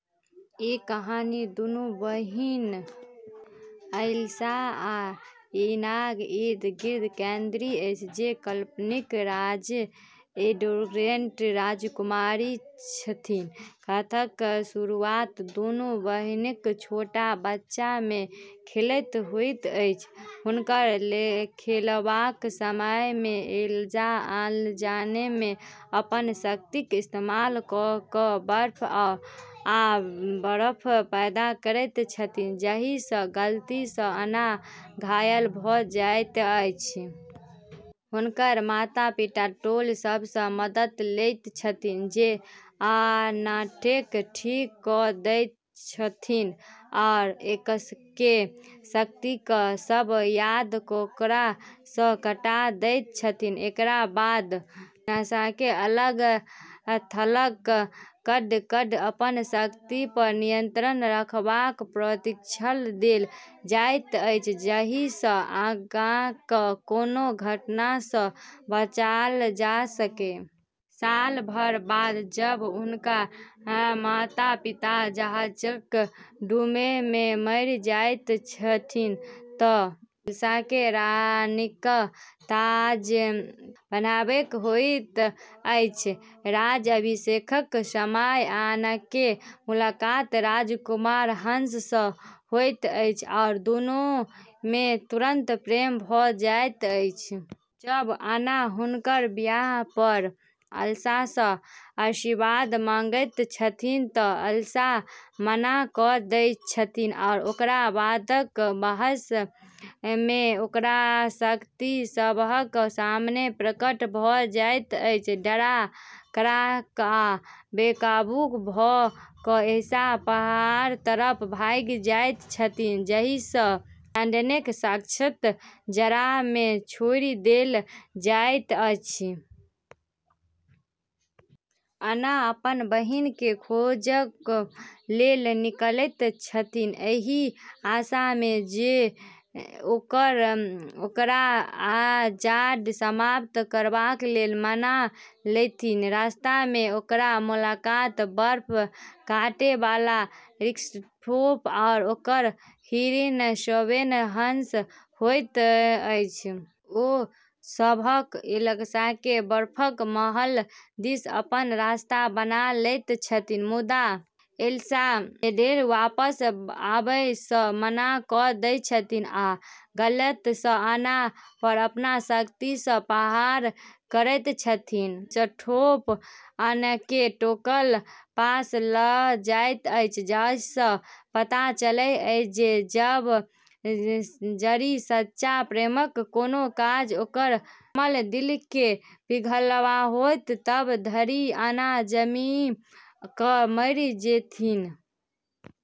ई कहानी दुनू बहिन एल्सा आ अन्नाक इर्द-गिर्द केंद्रित अछि, जे काल्पनिक राज्य एरेंडेलके राजकुमारी छथि। कथाक शुरुआत दुनू बहिनक छोट बच्चा मे खेलैत होइत अछि। हुनक खेलबाक समय मे एल्सा अनजाने मे अपन शक्तिक इस्तेमाल कऽ कऽ बर्फ आ बरफ पैदा करैत छथि, जाही सँ गलती सँ अन्ना घायल भऽ जाइत छथि। हुनक माता-पिता ट्रोल सभ सँ मदद लैत छथि, जे अन्नाके ठीक कऽ दैत छथि आ एल्साके शक्तिक सब याद ओकरा सँ हटा दैत छथि। एकरा बाद एल्साके अलग-थलग कऽ कऽ अपन शक्ति पर नियंत्रण रखबाक प्रशिक्षण देल जाइत अछि, जाही सँ आगाँक कोनो घटना सँ बचल जा सकै। साल सभ बाद जब हुनक माता-पिता जहाजक डूबै मे मरि जाइत छथि, तँ एल्साके रानीक ताज पहनाएबक होइत अछि। राज्याभिषेकक समय अन्नाके मुलाकात राजकुमार हंस सँ होइत अछि, आ दुनू मे तुरंत प्रेम भऽ जाइत अछि। जब अन्ना हुनक बिआह पर एल्सा सँ आशीर्वाद मांगैत छथि तँ एल्सा मना कऽ दैत छथि आ ओकरा बादक बहस मे ओकर शक्ति सबहक सामने प्रकट भऽ जाइत अछि। डरा कऽ आ बेकाबू भऽ कऽ एल्सा पहाड़ तरफ भागि जाइत छथि, जाही सँ एरेंडेलके शाश्वत जाड़ मे छोड़ि देल जाइत अछि। अन्ना अपन बहिनके खोजब लेल निकलैत छथि, एहि आशा मे जे ओ ओकरा जाड़ समाप्त करबा लेल मना लेतीह। रास्ता मे ओकर मुलाकात बर्फ काटै बला क्रिस्टोफ आ ओकर हिरन स्वेन सँ होइत अछि। ओ सभ एल्साके बर्फक महल दिस अपन रास्ता बना लैत छथि, मुदा एल्सा एरेंडेल वापस आबै सँ मना कऽ दैत छथि, आ गलती सँ अन्ना पर अपन शक्ति सँ प्रहार करैत छथि। क्रिस्टोफ अन्नाके ट्रोलक पास लऽ जाइत अछि, जाही सँ पता चलैत अछि जे जब धरि सच्चा प्रेमक कोनो काज ओकर जमल दिलके पिघलाओत, तब धरि अन्ना जमि कऽ मरि जेतीह।